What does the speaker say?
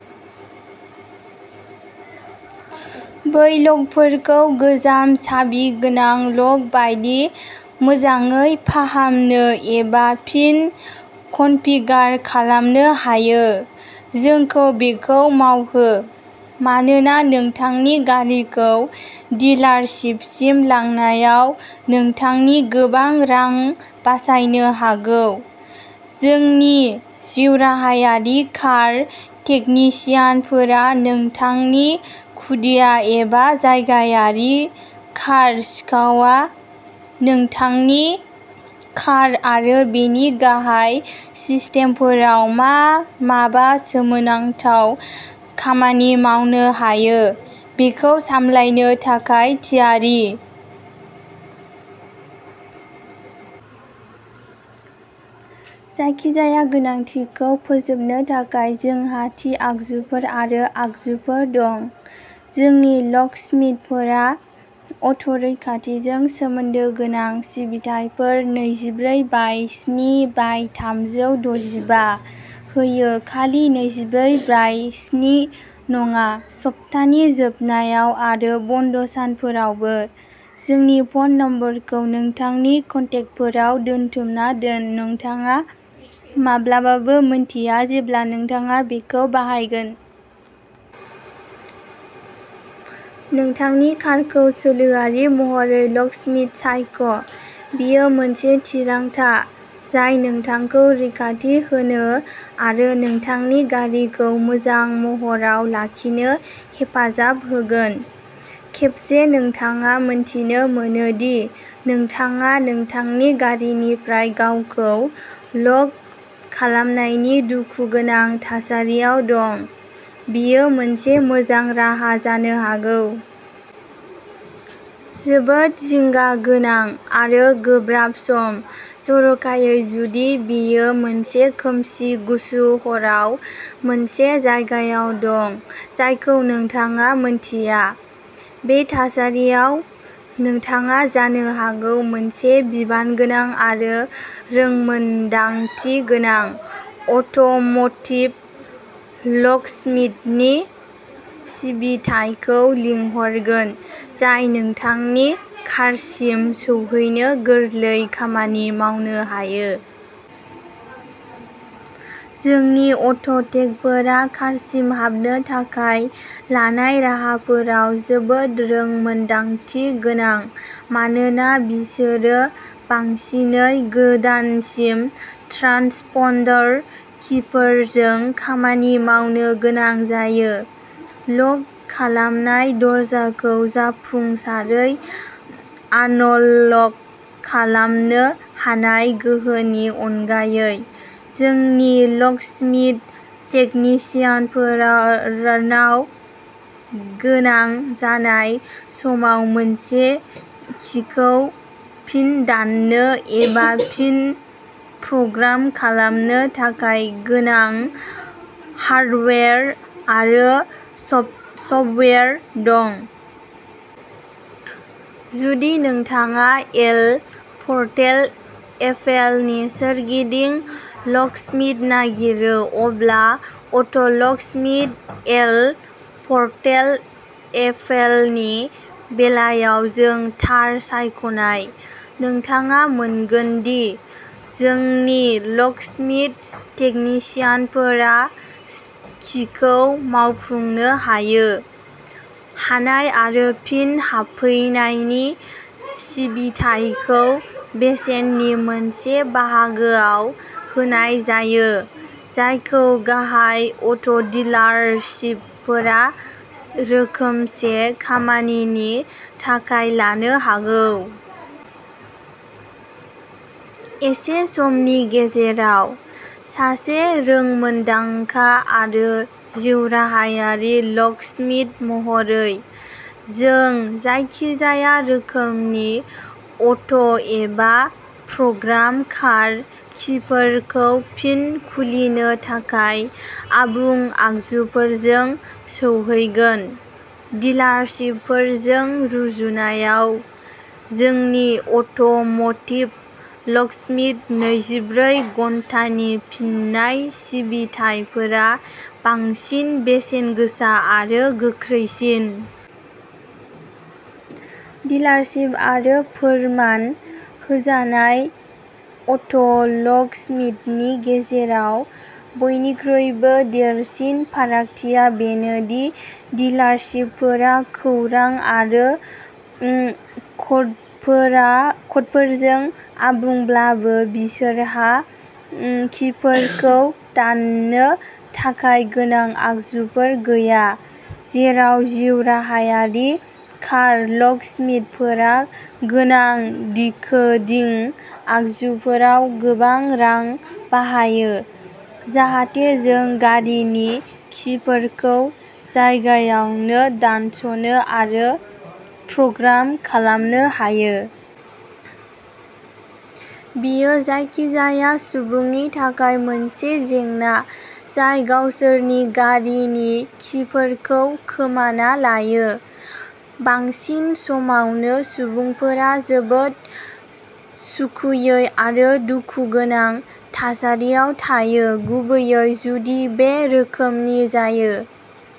बै ल'कफोरखौ गोजाम साबि गोनां ल'क बायदि मोजाङै फाहामनो एबा फिन कनफिगार खालामनो हायो। जोंखौ बेखौ मावहो, मानोना नोंथांनि गारिखौ डिलारशिपसिम लांनायाव नोंथांनि गोबां रां बासायनो हागौ। जोंनि जिउराहायारि कार टेकनिशियानफोरा नोंथांनि खुदिया एबा जायगायारि कार सिखावआ नोंथांनि कार आरो बेनि गाहाय सिस्टेमफोराव मा माबा सोमोनांथाव खामानि मावनो हायो, बेखौ सामलायनो थाखाय थियारि। जायखिजाया गोनांथिखौ फोजोबनो थाखाय जोंहा थि आगजुफोर आरो आगजुफोर दं। जोंनि ल'कस्मिथफोरा अट'रैखाथिजों सोमोन्दो गोनां सिबिथाइफोर नैजिब्रै बाय स्नि बाय थामजौ द'जिबा। होयो, खालि नैजिब्रै बाय स्नि नङा, सप्तानि जोबनायाव आरो बन्द'सानफोरावबो। जोंनि फ'न नम्बरखौ नोंथांनि कन्टेकफोराव दोनथुमना दोन नोंथाङा माब्लाबाबो मोन्थिया जेब्ला नोंथाङा बेखौ बाहायगोन। नोंथांनि कारखौ सोलोआरि महरै ल'कस्मिथ सायख'। बेयो मोनसे थिरांथा जाय नोंथांखौ रैखाथि होनो आरो नोंथांनि गारिखौ मोजां महराव लाखिनो हेफाजाब होगोन। खेबसे नोंथाङा मोनथिनो मोनो दि नोंथाङा नोंथांनि गारिनिफ्राय गावखौ ल'क खालामनायनि दुखुगोनां थासारियाव दं, बेयो मोनसे मोजां राहा जानो हागौ। जोबोद जिंगा गोनां आरो गोब्राब सम। जर'खायै जुदि बेयो मोनसे खोमसि गुसु हराव मोनसे जायगायाव दं जायखौ नोंथाङा मोन्थिया। बे थासारियाव, नोंथाङा जानो हागौ मोनसे बिबानगोनां आरो रोंमोन्दांथि गोनां अट'म'टिभ लकस्मिथनि सिबिथाइखौ लिंहरगोन, जाय नोंथांनि कारसिम सौहैनो गोरलै खामानि मावनो हायो। जोंनि अट'टेकफोरा कारसिम हाबनो थाखाय लानाय राहाफोराव जोबोद रोंमोन्दांथि गोनां मानोना बिसोरो बांसिनै गोदानसिम ट्रान्सपन्डार किफोरजों खामानि मावनो गोनां जायो। लक खालामनाय दरजाखौ जाफुंसारै आनलक खालामनो हानाय गोहोनि अनगायै, जोंनि लकस्मिथ टेकनिशियानफोरानाव गोनां जानाय समाव मोनसे किखौ फिन दाननो एबा फिन प्रग्राम खालामनो थाखाय गोनां हार्डवेर आरो सफ्ट सफ्टवेयर दं। जुदि नोंथाङा एल पर्टेल एफएलनि सोरगिदिं लकस्मिथ नागिरो, अब्ला अट'लकस्मिथ एल पर्टेल एफएलनि बेलायाव जों थार सायख'नाय। नोंथाङा मोनगोन दि जोंनि लकस्मिथ टेकनिशियानफोरा कि किखौ मावफुंनो हायो। हानाय आरो फिन हाबफैनायनि सिबिथाइखौ बेसेननि मोनसे बाहागोआव होनाय जायो, जायखौ गाहाय अट'डिलारशिपफोरा रोखोमसे खामानिनि थाखाय लानो हागौ। एसे समनि गेजेराव, सासे रोंमोन्दांखा आरो जिउराहायारि लकस्मिथ महरै, जों जायखिजाया रोखोमनि अट'एबा प्रग्राम कार किफोरखौ फिन खुलिनो थाखाय आबुं आगजुफोरजों सौहैगोन। डिलारशिपफोरजों रुजुनायाव, जोंनि अट'म'टिभ लकस्मिथ नैजिब्रै घन्टानि फिननाय सिबिथाइफोरा बांसिन बेसेनगोसा आरो गोख्रैसिन। डिलारशिप आरो फोरमान होजानाय अट'लकस्मिथनि गेजेराव बयनिख्रुइबो देरसिन फारागथिया बेनो दि डिलारशिपफोरा खौरां आरो उम कडफोरा क'डफोरजों आबुंब्लाबो बिसोरहा उम किफोरखौ दाननो थाखाय गोनां आगजुफोर गैया। जेराव जिउराहायारि कार लकस्मिथफोरा गोनां डिकोडिं आगजुफोराव गोबां रां बाहायो, जाहाथे जों गारिनि किफोरखौ जायगायावनो दानस'नो आरो प्रग्राम खालामनो हायो। बेयो जायखिजाया सुबुंनि थाखाय मोनसे जेंना जाय गावसोरनि गारिनि किफोरखौ खोमाना लायो। बांसिन समावनो सुबुंफोरा जोबोद सुखुयै आरो दुखुगोनां थासारियाव थायो गुबैयै जुदि बे रोखोमनि जायो।